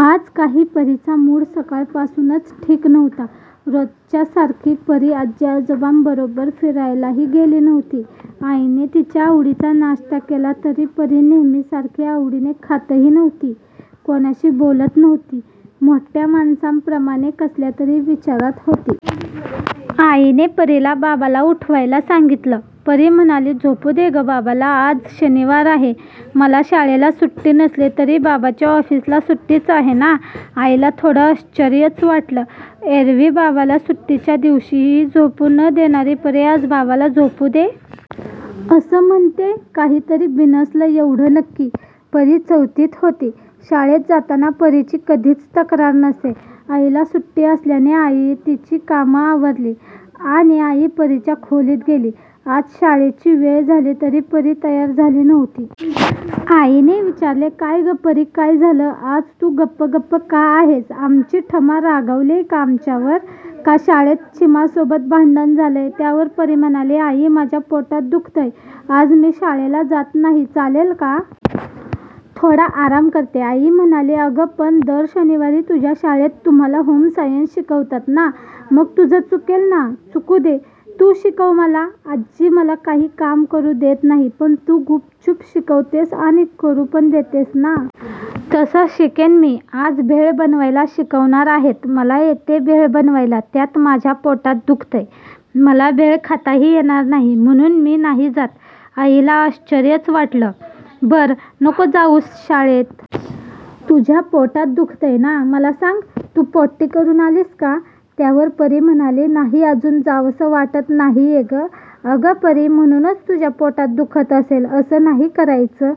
आज काही परीचा मूड सकाळपासूनच ठीक नव्हता. रोजच्यासारखी परी आजी-आजोबांबरोबर फिरायलाही गेली नव्हती. आईने तिच्या आवडीचा नाश्ता केला, तरी परी नेहमीसारखी आवडीने खातही नव्हती. कोणाशी बोलत नव्हती. मोठ्या माणसांप्रमाणे कसल्या तरी विचारात होती. आईने परीला बाबाला उठवायला सांगितलं. परी म्हणाली, "झोपूदे गं बाबाला. आज शनिवार आहे. मला शाळेला सुट्टी नसली तरी बाबाच्या ऑफिसला सुट्टीच आहे ना. " आईला थोडं आश्चर्यच वाटलं. एरव्ही बाबाला सुट्टीच्या दिवशीही झोपू न देणारी परी, 'आज बाबाला झोपू दे.. ' असं म्हणतेय. काहीतरी बिनसलंय एवढं नक्की. परी चौथीत होती. शाळेत जाताना परीची कधीच तक्रार नसे. आईला सुट्टी असल्याने आईने तिची कामं आवरली आणि आई परीच्या खोलीत गेली. आज शाळेची वेळ झाली तरी परी तयार झाली नव्हती. आईने विचारलं, "काय गं परी काय झालं? आज तू गप्प गप्प का आहेस? आमची ठमा रागावलीय का आमच्यावर? का शाळेत चिमासोबत भांडण झालंय? " त्यावर परी म्हणाली, "आई माझ्या पोटात दुखतंय. आज मी शाळेला जात नाही, चालेल का? थोडा आराम करते. " आई म्हणाली, "अगं पण दर शनिवारी तुझ्या शाळेत तुम्हांला होम सायन्स शिकवतात ना. मग तुझं चुकेल ना. " "चूकू दे. तू शिकव मला. आजी मला काही काम करू देत नाही, पण तू गुपचूप शिकवतेस आणि करू पण देतेस ना. तसं शिकेन मी. आज भेळ बनवायला शिकवणार आहेत. मला येते भेळ बनवायला. त्यात माझ्या पोटात दुखतंय. मला भेळ खाताही येणार नाही. म्हणून मी नाही जात. " आईला आश्चर्यच वाटलं. "बरं. नको जाऊस शाळेत. तुझ्या पोटात दुखतंय ना.. मला सांग, तू पॉटी करून आलीस का? " त्यावर परी म्हणाली, "नाही. अजून जावंसं वाटत नाहीये गं. " "अगं परी, म्हणूनच तुझ्या पोटात दुखत असेल. असं नाही करायचं.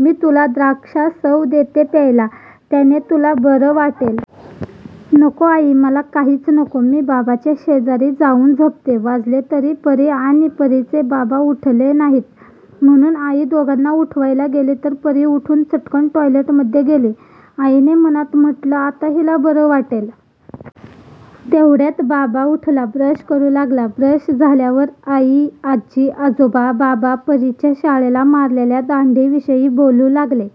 मी तुला द्राक्षासव देते प्यायला त्याने तुला बरं वाटेल. " "नको आई. मला काहीच नको. मी बाबाच्या शेजारी जाऊन झोपते. " वाजले तरी परी आणि परीचे बाबा उठले नाहीत. म्हणून आई दोघांना उठवायला गेली, तर परी उठून चटकन टॉयलेटमध्ये गेली. आईने मनात म्हटलं, 'आता हिला बरं वाटेल. ' तेवढ्यात बाबा उठला. ब्रश करू लागला. ब्रश झाल्यावर आई, आजी, आजोबा, बाबा परीच्या शाळेला मारलेल्या दांडीविषयी बोलू लागले.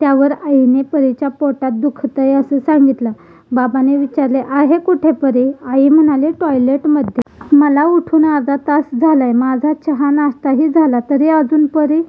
त्यावर आईने, परीच्या पोटात दुखतंय, असं सांगितलं. बाबाने विचारलं, "आहे कुठे परी? " आई म्हणाली, "टॉयलेटमध्ये. " "मला उठून अर्धा तास झालाय. माझा चहा-नाश्ताही झाला. तरी अजून परी